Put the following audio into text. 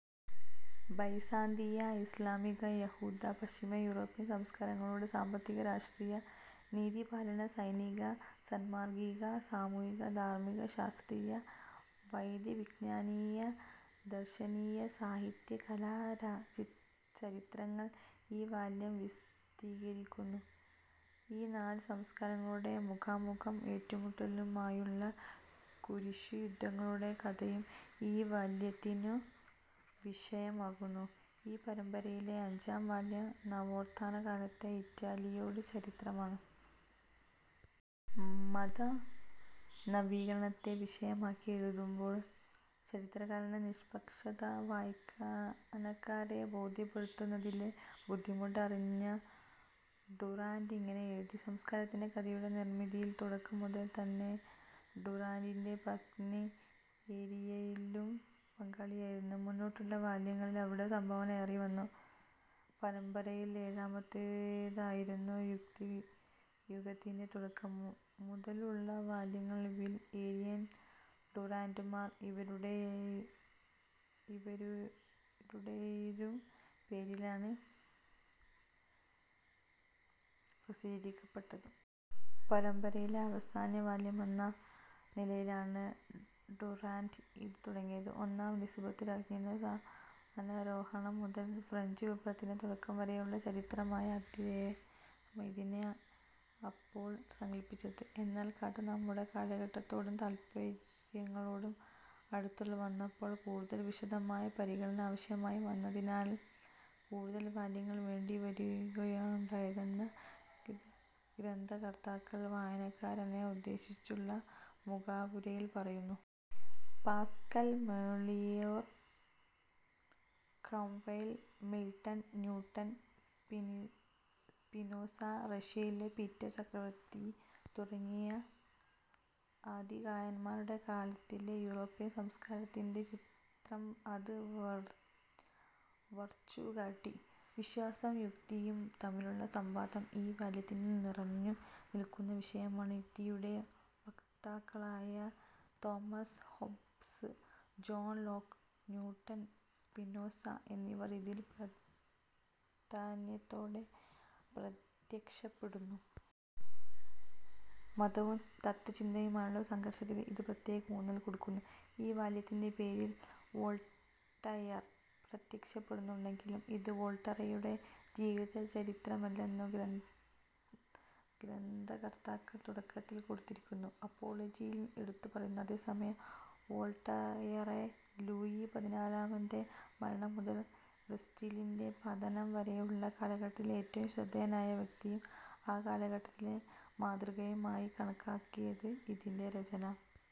ബൈസാന്തിയ, ഇസ്ലാമിക, യഹൂദ, പശ്ചിമയൂറോപ്യൻ സംസ്കാരങ്ങളുടെ സാമ്പത്തിക, രാഷ്ട്രീയ, നീതിപാലന, സൈനിക, സാന്മാർഗ്ഗിക, സാമൂഹ്യ, ധാർമ്മിക, ശാസ്ത്രീയ, വൈദ്യവിജ്ഞാനീയ, ദാർശനിക, സാഹിത്യ, കലാ ചരിത്രങ്ങൾ ഈ വാല്യം വിസ്തരിക്കുന്നു. ഈ നാലു സംസ്കാരങ്ങളുടെ മുഖാമുഖവും ഏറ്റുമുട്ടലുമായ കുരിശുയുദ്ധങ്ങളുടെ കഥയും ഈ വാല്യത്തിനു വിഷയമാകുന്നു. ഈ പരമ്പരയിലെ അഞ്ചാം വാല്യം നവോത്ഥാനകാലത്തെ ഇറ്റലിയുടെ ചരിത്രമാണ്. മതനവീകരണത്തെ വിഷയമാക്കി എഴുതുമ്പോൾ ചരിത്രകാരന്റെ നിഷ്പക്ഷത വായനക്കാരെ ബോദ്ധ്യപ്പെടുത്തുന്നതിലെ ബുദ്ധിമുട്ട് അറിഞ്ഞ ഡുറാന്റ് ഇങ്ങനെ എഴുതി:- സംസ്കാരത്തിന്റെ കഥയുടെ നിർമ്മിതിയിൽ തുടക്കം മുതൽ തന്നെ ഡുറാന്റിന്റെ പത്നി ഏരിയലും പങ്കാളിയായിരുന്നു. മുന്നോട്ടുള്ള വാല്യങ്ങളിൽ അവരുടെ സംഭാവന ഏറി വന്നു. പരമ്പരയിൽ ഏഴാമത്തേതായിരുന്ന "യുക്തിയുഗത്തിന്റെ തുടക്കം" മുതലുള്ള വാല്യങ്ങൾ വിൽ, ഏരിയൽ ഡുറാന്റുമാർ ഇരുവരുടേയും പേരിലാണ് പ്രസിദ്ധീകരിക്കപ്പെട്ടത്. പരമ്പരയിലെ അവസാനവാല്യമെന്ന നിലയിലാണ് ഡുറാന്റ് ഇത് തുടങ്ങിയത്. ഒന്നാം എലിസബത്തു രാജ്ഞിയുടെ സ്ഥാനാരോഹണം മുതൽ ഫ്രഞ്ചു വിപ്ലവത്തിന്റെ തുടക്കം വരെയുള്ള ചരിത്രമായാണ് അദ്ദേഹം ഇതിനെ അപ്പോൾ സങ്കല്പിച്ചത്. എന്നാൽ കഥ നമ്മുടെ കാലഘട്ടത്തോടും താത്പര്യങ്ങളോടും അടുത്തു വന്നപ്പോൾ, കൂടുതൽ വിശദമായ പരിഗണന ആവശ്യമായി വന്നതിനാൽ കൂടുതൽ വാല്യങ്ങൾ വേണ്ടി വരുകയാണുണ്ടായതെന്ന ഗന്ഥകർത്താക്കൾ "വായനക്കാരനെ" ഉദ്ദേശിച്ചുള്ള മുഖവുരയിൽ പറയുന്നു. Pascal, Moliere, Cromwell, Milton, Newton, Spinoza, റഷ്യയിലെ പീറ്റർ ചക്രവർത്തി തുടങ്ങിയ അതികായന്മാരുടെ കാലത്തെ യൂറോപ്യൻ സംസ്കാരത്തിന്റെ ചിത്രം അത് വർച്ചുകാട്ടി. വിശ്വാസവും യുക്തിയും തമ്മിലുള്ള സംവാദം ഈ വാല്യത്തിൽ നിറഞ്ഞു നിൽക്കുന്ന വിഷയമാണ്. യുക്തിയുടെ വക്താക്കളായ Thomas Hobbes, John Locke, Newton, Spinoza എന്നിവർ ഇതിൽ പ്രാധാന്യത്തോടെ പ്രത്യക്ഷപ്പെടുന്നു. മതവും തത്ത്വചിന്തയുമായുള്ള സംഘർഷത്തിൽ ഇത് പ്രത്യേകം ഊന്നൽ കൊടുക്കുന്നു. ഈ വാല്യത്തിന്റെ പേരിൽ വോൾട്ടയർ പ്രത്യക്ഷപ്പെടുന്നുണ്ടെങ്കിലും, ഇത് വോൾട്ടയറുടെ ജീവചരിത്രമല്ലെന്നു ഗ്രന്ഥകർത്താക്കൾ തുടക്കത്തിൽ കൊടുത്തിരിക്കുന്ന "അപ്പോളജി"-യിൽ എടുത്തു പറയുന്നു. അതേസമയം വോൾട്ടയറെ, ലൂയി പതിനാലാമന്റെ മരണം മുതൽ ബസ്റ്റീലിന്റെ പതനം വരെയുള്ള കാലഘട്ടത്തിലെ ഏറ്റവും ശ്രദ്ധേയനായ വ്യക്തിയും ആ കാലഘട്ടത്തിന്റെ മാതൃകയും ആയി കണക്കാക്കിയാണ് ഇതിന്റെ രചന.